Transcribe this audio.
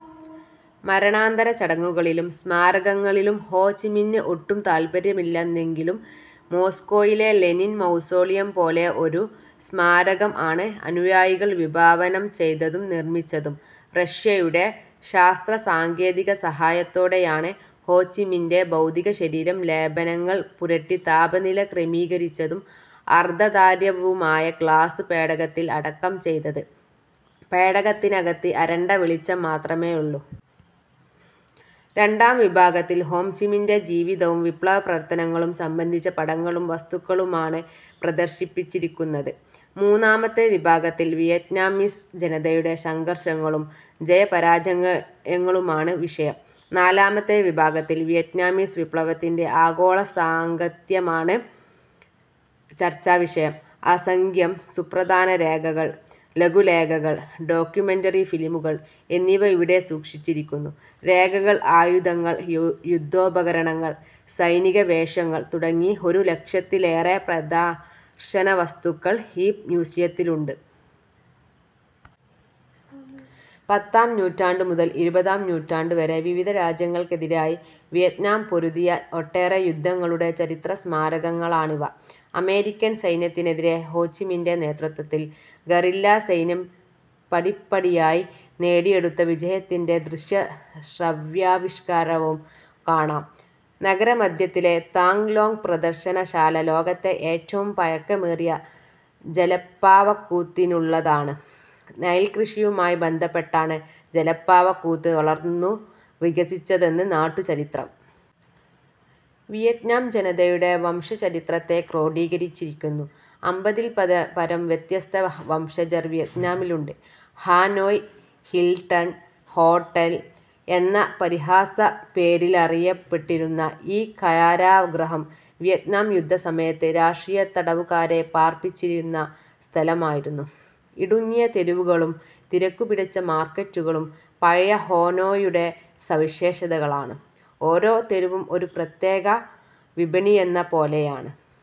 മരണാനന്തര ചടങ്ങുകളിലും സ്മാരകങ്ങളിലും ഹോ ചിമിന്നിന് ഒട്ടും താത്പര്യമില്ലായിരുന്നെങ്കിലും മോസ്കോയിലെ ലെനിൻ മൗസോളിയം പോലെ ഒരു സ്മാരകം ആണ് അനുയായികൾ വിഭാവനം ചെയ്തതും നിർമിച്ചതും. റഷ്യയുടെ ശാസ്ത്രസാങ്കേതിക സഹായത്തോടെയാണ് ഹോചിമിന്നിന്റെ ഭൗതികശരീരം ലേപനങ്ങൾ പുരട്ടി താപനില ക്രമീകരിച്ചതും അർധതാര്യവുമായ ഗ്ലാസ് പേടകത്തിൽ അടക്കം ചെയ്തത്. പേടകത്തിനകത്ത് അരണ്ട വെളിച്ചം മാത്രമേയുള്ളു. രണ്ടാം വിഭാഗത്തിൽ ഹോ ചിമിനിന്റെ ജിവിതവും വിപ്ലവപ്രവർത്തനങ്ങളും സംബന്ധിച്ച പടങ്ങളും വസ്തുക്കളുമാണ് പ്രദർശിപ്പിച്ചിരിക്കുന്നത്. മൂന്നാമത്തെ വിഭാഗത്തിൽ വിയറ്റ്നാമിസ് ജനതയുടെ സംഘർഷങ്ങളും ജയപരാജയങ്ങളുമാണ് വിഷയം. നാലാമത്തെ വിഭാഗത്തിൽ വിയറ്റ്നാമീസ് വിപ്ലവത്തിന്റെ ആഗോളസാംഗത്യമാണ് ചർച്ചാവിഷയം. അസംഖ്യം സുപ്രധാന രേഖകൾ, ലഘുലേഖകൾ, ഡോക്യുമെന്ററി ഫിലിമുകൾ എന്നിവ ഇവിടെ സൂക്ഷിച്ചിരിക്കുന്നു. രേഖകൾ, ആയുധങ്ങൾ, യുദ്ധോപകരണങ്ങൾ, സൈനികവേഷങ്ങൾ തുടങ്ങി ഒരു ലക്ഷത്തിലേറെ പ്രദർശനവസ്തുക്കൾ ഈ മ്യൂസിയത്തിലുണ്ട്. പത്താം നൂറ്റാണ്ടു മുതൽ ഇരുപതാം നൂറ്റാണ്ടുവരെ വിവിധ രാജ്യങ്ങൾക്കെതിരായി വിയറ്റ്നാം പൊരുതിയ ഒട്ടേറെ യുദ്ധങ്ങളുടെ ചരിത്രസ്മാരകങ്ങളാണിവ. അമേരിക്കൻ സൈന്യത്തിനെതിരെ ഹോചിമിന്നിന്റെ നേതൃത്വത്തിൽ ഗറില്ലാസൈന്യം പടിപ്പടിയായി നേടിയെടുത്ത വിജയത്തിന്റെ ദൃശ്യ-ശ്രവ്യാവിഷ്കാരവും കാണാം. നഗരമധ്യത്തിലെ താങ് ലോങ് പ്രദർശനശാല ലോകത്തെ ഏറ്റവും പഴക്കമേറിയ ജലപ്പാവക്കൂത്തിനുള്ളതാണ്. നെൽകൃഷിയുമായി ബന്ധപ്പെട്ടാണ് ജലപ്പാവക്കൂത്ത് വളർന്നു വികസിച്ചതെന്ന് നാട്ടു ചരിത്രം. വിയറ്റ്നാം ജനതയുടെ വംശചരിത്രത്തെ ക്രോഡീകരിച്ചിരിക്കുന്നു. അമ്പതിൽപരം വ്യത്യസ്ത വംശജർ വിയറ്റ്നാമിലുണ്ട്. ഹാനോയ് ഹിൽട്ടൺ ഹോട്ടൽ എന്ന പരിഹാസപ്പേരിലറിയപ്പെട്ടിരുന്ന ഈ കാരാഗ്രഹം വിയറ്റ്നാം യുദ്ധസമയത്ത് രാഷ്ട്രീയത്തടവുകാരെ പാർപ്പിച്ചിരുന്ന സ്ഥലമായിരുന്നു. ഇടുങ്ങിയ തെരുവുകളും തിരക്കുപിടിച്ച മാർക്കറ്റുകളും പഴയ ഹോനോയുടെ സവിശേഷതകളാണ്. ഓരോ തെരുവും ഒരു പ്രത്യേക വിപണിയെന്ന പോലാണ്.